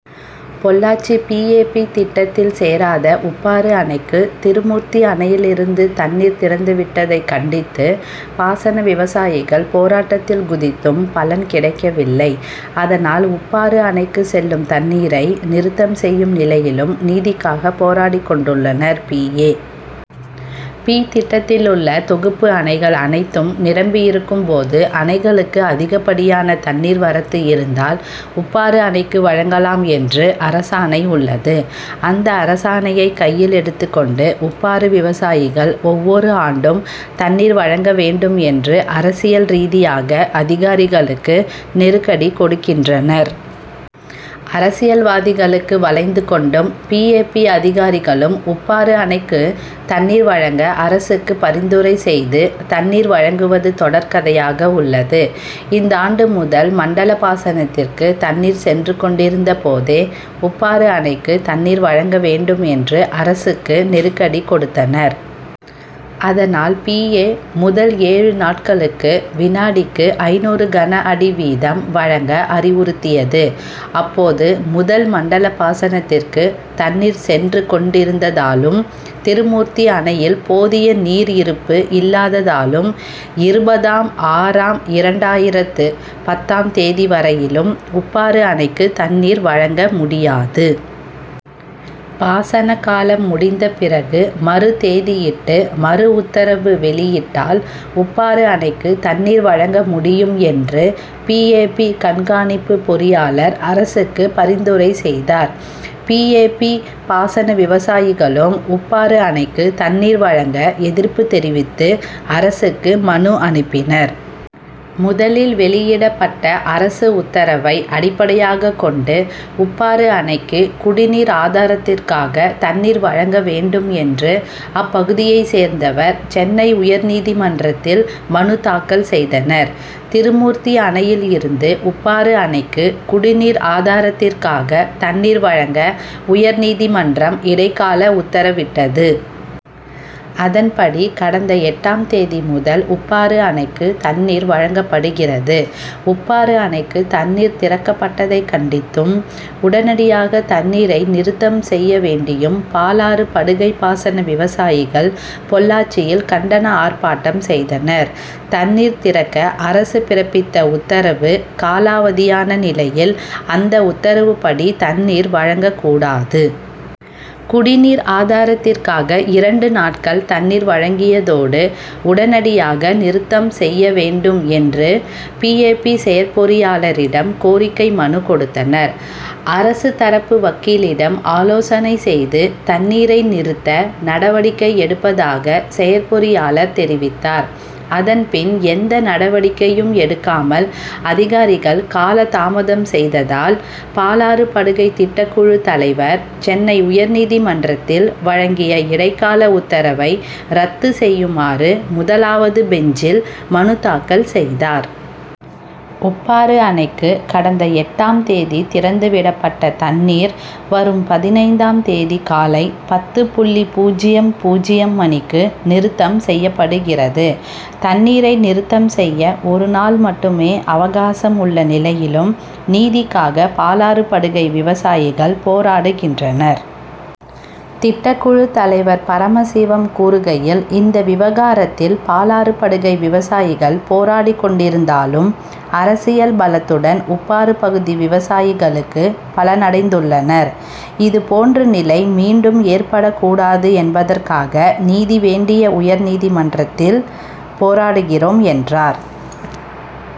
Pollachi P. A. P., திட்டத்தில் சேராத உப்பாறு அணைக்கு திருமூர்த்தி அணையில் இருந்து தண்ணீர் திறந்து விட்டதை கண்டித்து பாசன விவசாயிகள் போராட்டத்தில் குதித்தும் பலன் கிடைக்கவில்லை. அதனால், உப்பாறு அணைக்கு செல்லும் தண்ணீரை நிறுத்தம் செய்யும் நிலையிலும் நீதிக்காக போராடிக்கொண்டுள்ளனர். பி. ஏ. பி., திட்டத்திலுள்ள தொகுப்பு அணைகள் அனைத்தும் நிரம்பியிருக்கும் போது, அணைகளுக்கு அதிகப்படியான தண்ணீர் வரத்து இருந்தால் உப்பாறு அணைக்கு வழங்கலாம் என்று அரசாணை உள்ளது. அந்த அரசாணையை கையில் எடுத்துக்கொண்டு உப்பாறு விவசாயிகள் ஒவ்வொரு ஆண்டும் தண்ணீர் வழங்க வேண்டும் என்று அரசியல் ரீதியாக அதிகாரிகளுக்கு நெருக்கடி கொடுக்கின்றனர். அரசியல்வாதிகளுக்கு வளைந்து கொண்டும் பி. ஏ. பி., அதிகாரிகளும் உப்பாறு அணைக்கு தண்ணீர் வழங்க அரசுக்கு பரிந்துரை செய்து, தண்ணீர் வழங்குவது தொடர்கதையாக உள்ளது. இந்தாண்டு முதல் மண்டல பாசனத்திற்கு தண்ணீர் சென்று கொண்டிருந்த போதே உப்பாறு அணைக்கு தண்ணீர் வழங்க வேண்டும் என்று அரசுக்கு நெருக்கடி கொடுத்தனர். அதனால், பி. ஏ. முதல் ஏழு நாட்களுக்கு விநாடிக்கு ஐந்நூறு கனஅடி வீதம் வழங்க அறிவுறுத்தியது. அப்போது, முதல் மண்டல பாசனத் திற்கு தண்ணீர் சென்று கொண்டிருந்ததாலும், திருமூர்த்தி அணையில் போதிய நீர் இருப்பு இல்லாததாலும் இருபதாம் ஆறாம் இரண்டாயிரத்து பத்தாம் தேதி வரையிலும் உப்பாறு அணைக்கு தண்ணீர் வழங்க முடியாது. பாசன காலம் முடிந்த பிறகு மறுதேதியிட்டு மறுஉத்தரவு வெளியிட்டால் உப்பாறு அணைக்கு தண்ணீர் வழங்க முடியும் என்று பி. ஏ. பி., கண்காணிப்பு பொறியாளர் அரசுக்கு பரிந்துரை செய்தார். பி. ஏ. பி., பாசன விவசாயிகளும் உப்பாறு அணைக்கு தண்ணீர் வழங்க எதிர்ப்பு தெரிவித்து அரசுக்கு மனு அனுப்பினர். முதலில் வெளியிடப்பட்ட அரசு உத்தரவை அடிப்படையாக கொண்டு, உப்பாறு அணைக்கு குடிநீர் ஆதாரத் திற்காக தண்ணீர் வழங்க வேண்டும் என்று அப்பகுதியை சேர்ந்தவர் சென்னை உயர்நீதிமன்றத்தில் மனு தாக்கல் செய்தனர். திருமூர்த்தி அணையில் இருந்து உப்பாறு அணைக்கு குடிநீர் ஆதாரத்திற்காக தண்ணீர் வழங்க உயர்நீதிமன்றம் இடைக்கால உத்தரவிட்டது. அதன்படி, கடந்த எட்டாம் தேதி முதல் உப்பாறு அணைக்கு தண்ணீர் வழங்கப்படுகிறது. உப்பாறு அணைக்கு தண்ணீர் திறக்கப் பட்டதை கண்டித்தும், உடனடியாக தண்ணீரை நிறுத்தம் செய்ய வேண்டியும் பாலாறு படுகை பாசன விவசாயிகள் பொள்ளாச்சியில் கண்டன ஆர்ப்பாட்டம் செய்தனர். தண்ணீர் திறக்க அரசு பிறப்பித்த உத்தரவு காலாவதியான நிலையில் அந்த உத்தரவுப்படி தண்ணீர் வழங்க கூடாது. குடிநீர் ஆதாரத்திற்காக இரண்டு நாட்கள் தண்ணீர் வழங்கியதோடு உடனடியாக நிறுத்தம் செய்ய வேண்டும் என்று பி. ஏ. பி., செயற்பொறியாளரிடம் கோரிக்கை மனு கொடுத்தனர். அரசு தரப்பு வக்கீலிடம் ஆலோசனை செய்து தண்ணீரை நிறுத்த நடவடிக்கை எடுப்பதாக செயற்பொறியாளர் தெரிவித்தார். அதன்பின், எந்த நடவடிக்கையும் எடுக்காமல் அதிகாரிகள் காலதாமதம் செய்ததால், பாலாறு படுகை திட்டக்குழு தலைவர் சென்னை உயர்நீதிமன்றத்தில் வழங்கிய இடைக்கால உத்தரவை ரத்து செய்யுமாறு முதலாவது பெஞ்சில் மனுத்தாக்கல் செய்தார். உப்பாறு அணைக்கு கடந்த எட்டாம் தேதி திறந்து விடப்பட்ட தண்ணீர் வரும் பதினைந்தாம் தேதி காலை பத்து புள்ளி பூஜ்ஜியம் பூஜ்ஜியம் மணிக்கு நிறுத்தம் செய்யப்படுகிறது. தண்ணீரை நிறுத்தம் செய்ய ஒரு நாள் மட்டுமே அவகாசம் உள்ள நிலையிலும், நீதிக்காக பாலாறு படுகை விவசாயிகள் போராடுகின்றனர். திட்டக்குழு தலைவர் பரமசிவம் கூறுகையில், இந்த விவகாரத்தில் பாலாறு படுகை விவசாயிகள் போராடிக்கொண்டிருந்தாலும், அரசியல் பலத்துடன் உப்பாறு பகுதி விவசாயிகளுக்கு பலனடைந்துள்ளனர். இது போன்று நிலை மீண்டும் ஏற்படக்கூடாது என்பதற்காக நீதி வேண்டிய உயர்நீதிமன்றத்தில் போராடுகிறோம் என்றார்.